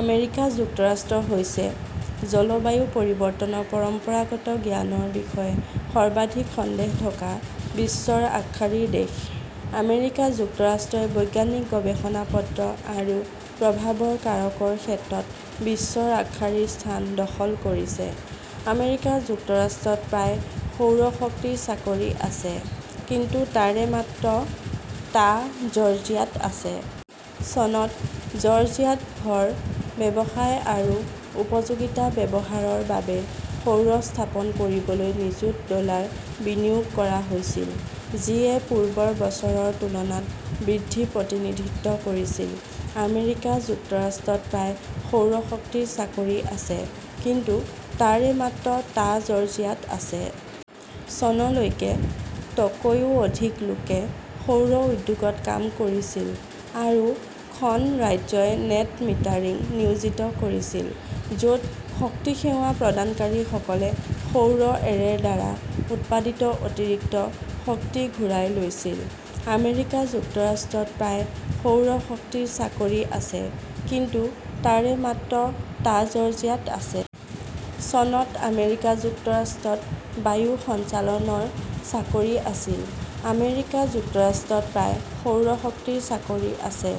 America যুক্তৰাষ্ট্ৰ হৈছে "জলবায়ু পৰিৱৰ্তনৰ পৰম্পৰাগত জ্ঞানৰ বিষয়ে সৰ্বাধিক সন্দেহ থকা" বিশ্বৰ আগশাৰীৰ দেশ। আমেৰিকা যুক্তৰাষ্ট্ৰই বৈজ্ঞানিক গৱেষণা পত্ৰ আৰু প্ৰভাৱৰ কাৰকৰ ক্ষেত্ৰত বিশ্বৰ আগশাৰীৰ স্থান দখল কৰিছে। আমেৰিকা যুক্তৰাষ্ট্ৰত প্ৰায় সৌৰ শক্তিৰ চাকৰি আছে, কিন্তু তাৰে মাত্ৰ টা জৰ্জিয়াত আছে। চনত, জৰ্জিয়াত ঘৰ, ব্যৱসায় আৰু উপযোগিতা ব্যৱহাৰৰ বাবে সৌৰ স্থাপন কৰিবলৈ নিযুত ডলাৰ বিনিয়োগ কৰা হৈছিল যিয়ে পূৰ্বৰ বছৰৰ তুলনাত বৃদ্ধি প্ৰতিনিধিত্ব কৰিছিল। আমেৰিকা যুক্তৰাষ্ট্ৰত প্ৰায় সৌৰ শক্তিৰ চাকৰি আছে, কিন্তু তাৰে মাত্ৰ টা জৰ্জিয়াত আছে। চনলৈকে, তকৈও অধিক লোকে সৌৰ উদ্যোগত কাম কৰিছিল আৰু খন ৰাজ্যই নেট মিটাৰিং নিয়োজিত কৰিছিল, য 'ত শক্তি সেৱা প্ৰদানকাৰীসকলে সৌৰ এৰেৰ দ্বাৰা উৎপাদিত অতিৰিক্ত শক্তি ঘূৰাই লৈছিল। আমেৰিকা যুক্তৰাষ্ট্ৰত প্ৰায় সৌৰ শক্তিৰ চাকৰি আছে, কিন্তু তাৰে মাত্ৰ টা জৰ্জিয়াত আছে। চনত আমেৰিকা যুক্তৰাষ্ট্ৰত বায়ু সঞ্চালনৰ চাকৰি আছিল। আমেৰিকা যুক্তৰাষ্ট্ৰত প্ৰায় সৌৰ শক্তিৰ চাকৰি আছে,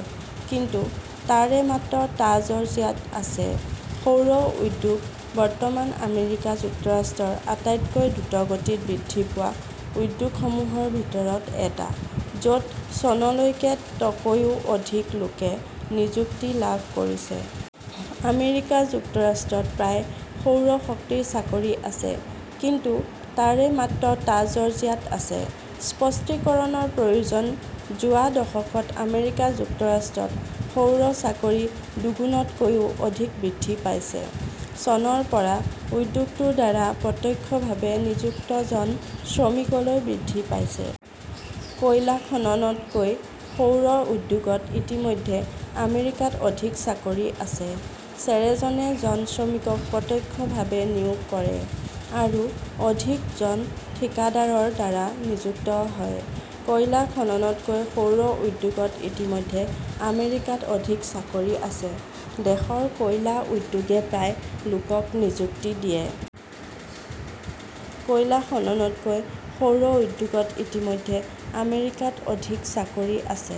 কিন্তু তাৰে মাত্ৰ টা জৰ্জিয়াত আছে। সৌৰ উদ্যোগ বৰ্তমান আমেৰিকা যুক্তৰাষ্ট্ৰৰ আটাইতকৈ দ্ৰুতগতিত বৃদ্ধি পোৱা উদ্যোগসমূহৰ ভিতৰত এটা, য 'ত চনলৈকে তকৈও অধিক লোকে নিযুক্তি লাভ কৰিছে। আমেৰিকা যুক্তৰাষ্ট্ৰত প্ৰায় সৌৰ শক্তিৰ চাকৰি আছে, কিন্তু তাৰে মাত্ৰ টা জৰ্জিয়াত আছে। স্পষ্টীকৰণৰ প্ৰয়োজন যোৱা দশকত আমেৰিকা যুক্তৰাষ্ট্ৰত সৌৰ চাকৰি দুগুণতকৈও অধিক বৃদ্ধি পাইছে চনৰ পৰা উদ্যোগটোৰ দ্বাৰা প্ৰত্যক্ষভাৱে নিযুক্ত জন শ্ৰমিকলৈ বৃদ্ধি পাইছে। কয়লা খননতকৈ সৌৰ উদ্যোগত ইতিমধ্যে আমেৰিকাত অধিক চাকৰি আছে। চেৰেজনে জন শ্ৰমিকক প্ৰত্যক্ষভাৱে নিয়োগ কৰে, আৰু অধিক জন ঠিকাদাৰৰ দ্বাৰা নিযুক্ত হয়। কয়লা খননতকৈ সৌৰ উদ্যোগত ইতিমধ্যে আমেৰিকাত অধিক চাকৰি আছে। দেশৰ কয়লা উদ্যোগে প্ৰায় লোকক নিযুক্তি দিয়ে। কয়লা খননতকৈ সৌৰ উদ্যোগত ইতিমধ্যে আমেৰিকাত অধিক চাকৰি আছে।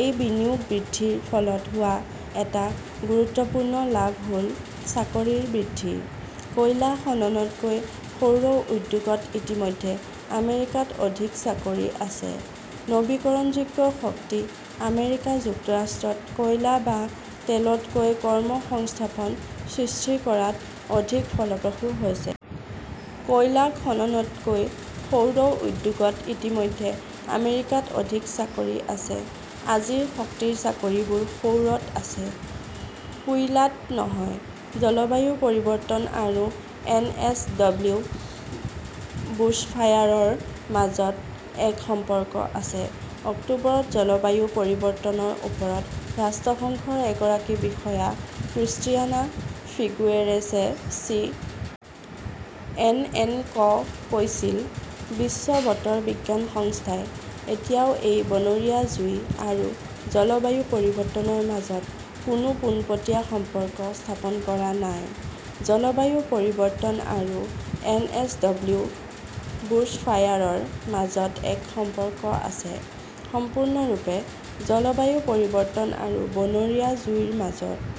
এই বিনিয়োগ বৃদ্ধিৰ ফলত হোৱা এটা গুৰুত্বপূৰ্ণ লাভ হ "ল চাকৰিৰ বৃদ্ধি। কয়লা খননতকৈ সৌৰ উদ্যোগত ইতিমধ্যে আমেৰিকাত অধিক চাকৰি আছে। নৱীকৰণযোগ্য শক্তি আমেৰিকা যুক্তৰাষ্ট্ৰত কয়লা বা তেলতকৈ কৰ্মসংস্থাপন সৃষ্টি কৰাত অধিক ফলপ্ৰসূ হৈছে। কয়লা খননতকৈ সৌৰ উদ্যোগত ইতিমধ্যে আমেৰিকাত অধিক চাকৰি আছে। "আজিৰ শক্তিৰ চাকৰিবোৰ সৌৰত আছে, কোইলাত নহয়। " জলবায়ু পৰিৱৰ্তন আৰু এনএছডব্লিউ বুশ্বফায়াৰৰ মাজত এক সম্পৰ্ক আছে। অক্টোবৰত জলবায়ু পৰিৱৰ্তনৰ ওপৰত ৰাষ্ট্ৰসংঘৰ এগৰাকী বিষয়া ক্ৰিষ্টিয়ানা ফিগুয়েৰেছে চি. এন. এন. ক কৈছিলঃ বিশ্ব বতৰ বিজ্ঞান সংস্থাই এতিয়াও এই বনৰীয়া জুই আৰু জলবায়ু পৰিৱৰ্তনৰ মাজত কোনো পোনপটীয়া সম্পৰ্ক স্থাপন কৰা নাই। জলবায়ু পৰিৱৰ্তন আৰু এনএছডব্লিউ বুশ্বফায়াৰৰ মাজত এক সম্পৰ্ক আছে। "" "সম্পূৰ্ণৰূপে" "জলবায়ু পৰিৱৰ্তন আৰু বনৰীয়া জুইৰ মাজৰ